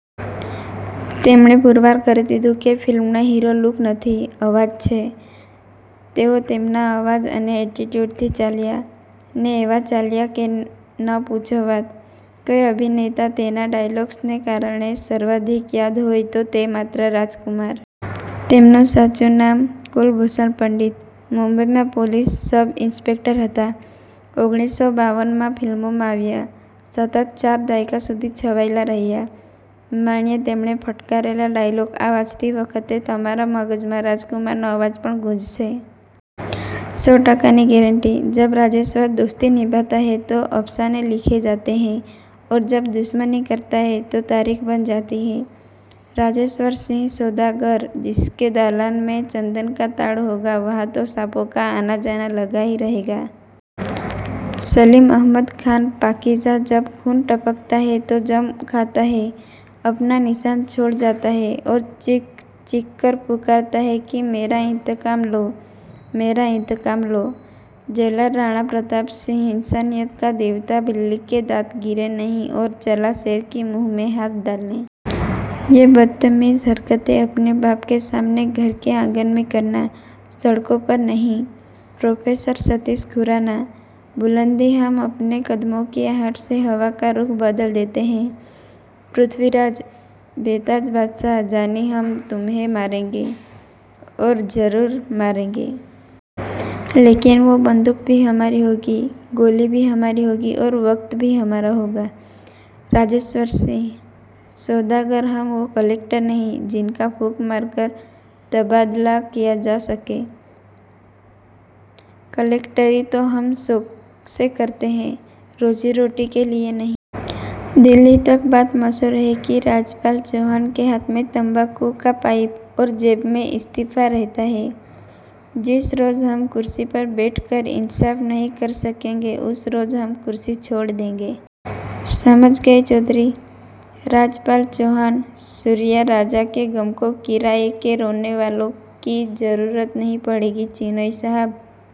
તેમણે પુરવાર કરી દીધું કે ફિલ્મનો હીરો લૂક નથી, અવાજ છે. તેઓ તેમના અવાજ અને એટીટ્યુડથી ચાલ્યા. ને એવા ચાલ્યા કે ન પૂછો વાત. કઈ અભિનેતા તેના ડાયલોગ્સને કારણે સર્વાધિક યાદ હોય તો તે માત્ર રાજકુમાર. તેમનું સાચું નામ કુલભૂષણ પંડિત. મુંબઈમાં પોલીસ સબ ઇન્સ્પેક્ટર હતા. ઓગણીસો બાવનમાં ફિલ્મોમાં આવ્યા. સતત ચાર દાયકા સુધી છવાયેલા રહ્યા. માણીએ તેમણે ફટકારેલા ડાયોલોગ આ વાંચતી વખતે તમારા મગજમાં રાજકુમારનો અવાજ પણ ગૂંજશે. સો ટકાની ગેરેન્ટી, જબ રાજેશ્વર દોસ્તી નિભાતા હૈ તો અફસાને લિક્ખે જાતે હૈ ઔર જબ દુશ્મની કરતા હૈ તો તારીખ બન જાતી હૈ. રાજેશ્વર સિંહ, સૌદાગર જિસકે દાલાન મેં ચંદન કા તાડ હોગા વહાં તો સાંપો કા આના-જાના લગા હી રહેગા. સલીમ અહમદ ખાન, પાકીઝા જબ ખૂન ટપકતા હૈ તો જમ ખાતા હૈ, અપના નિશાન છોડ જાતા હૈ ઔર ચીખ-ચીખકર પુકારતા હૈ કિ મેરા ઇંતકામ લો, મેરા ઇંતકામ લો. જેલર રાણા પ્રતાપ સિંહ, ઇંસાનિયત કા દેવતા બિલ્લી કે દાંત ગિરે નહીં ઔર ચલા શેર કે મુંહ મેં હાથ ડાલને. યે બદ્તમીઝ હરકતેં અપને બાપ કે સામને ઘર કે આંગન મેં કરના, સડકો પર નહીં. પ્રોફેસર સતીશ ખુરાના, બુલંદી હમ અપને કદમો કી આહટ સે હવા કા રુખ બદલ દેતે હૈ. પૃથ્વીરાજ, બેતાજ બાદશાહ જાની હમ તુમ્હે મારેંગે, ઔર ઝરુર મારેંગે. લેકિન વો બંદૂક ભી હમારી હોગી, ગોલી ભી હમારી હોગી ઔર વક્ત ભી હમારા હોગા. રાજેશ્વર સિંહ, સૌદાગર હમ વો કલેક્ટર નહીં જિનકા ફૂંક મારકર તબાદલા કિયા જા સકે. કલેક્ટરી તો હમ શૌક સે કરતે હૈ, રોઝી-રોટી કે લિયે નહીં. દિલ્હી તક બાત મશહૂર હૈ કિ રાજપાલ ચૌહાન કે હાથ મેં તંબાકૂ કા પાઇપ ઔર જેબ મેં ઇસ્તીફા રેહતા હૈ. જિસ રોઝ હમ કુર્સી પર બૈઠ કર ઇન્સાફ નહીં કર સકેંગે ઉસ રોઝ હમ કુર્સી છોડ દેંગે. સમજ ગયે ચૌધરી! રાજપાલ ચૌહાન, સૂર્યા રાજા કે ગમ કો કિરાએ કે રોને વાલો કી ઝરુરત નહીં પડેગી ચિનૉઇ સાહબ.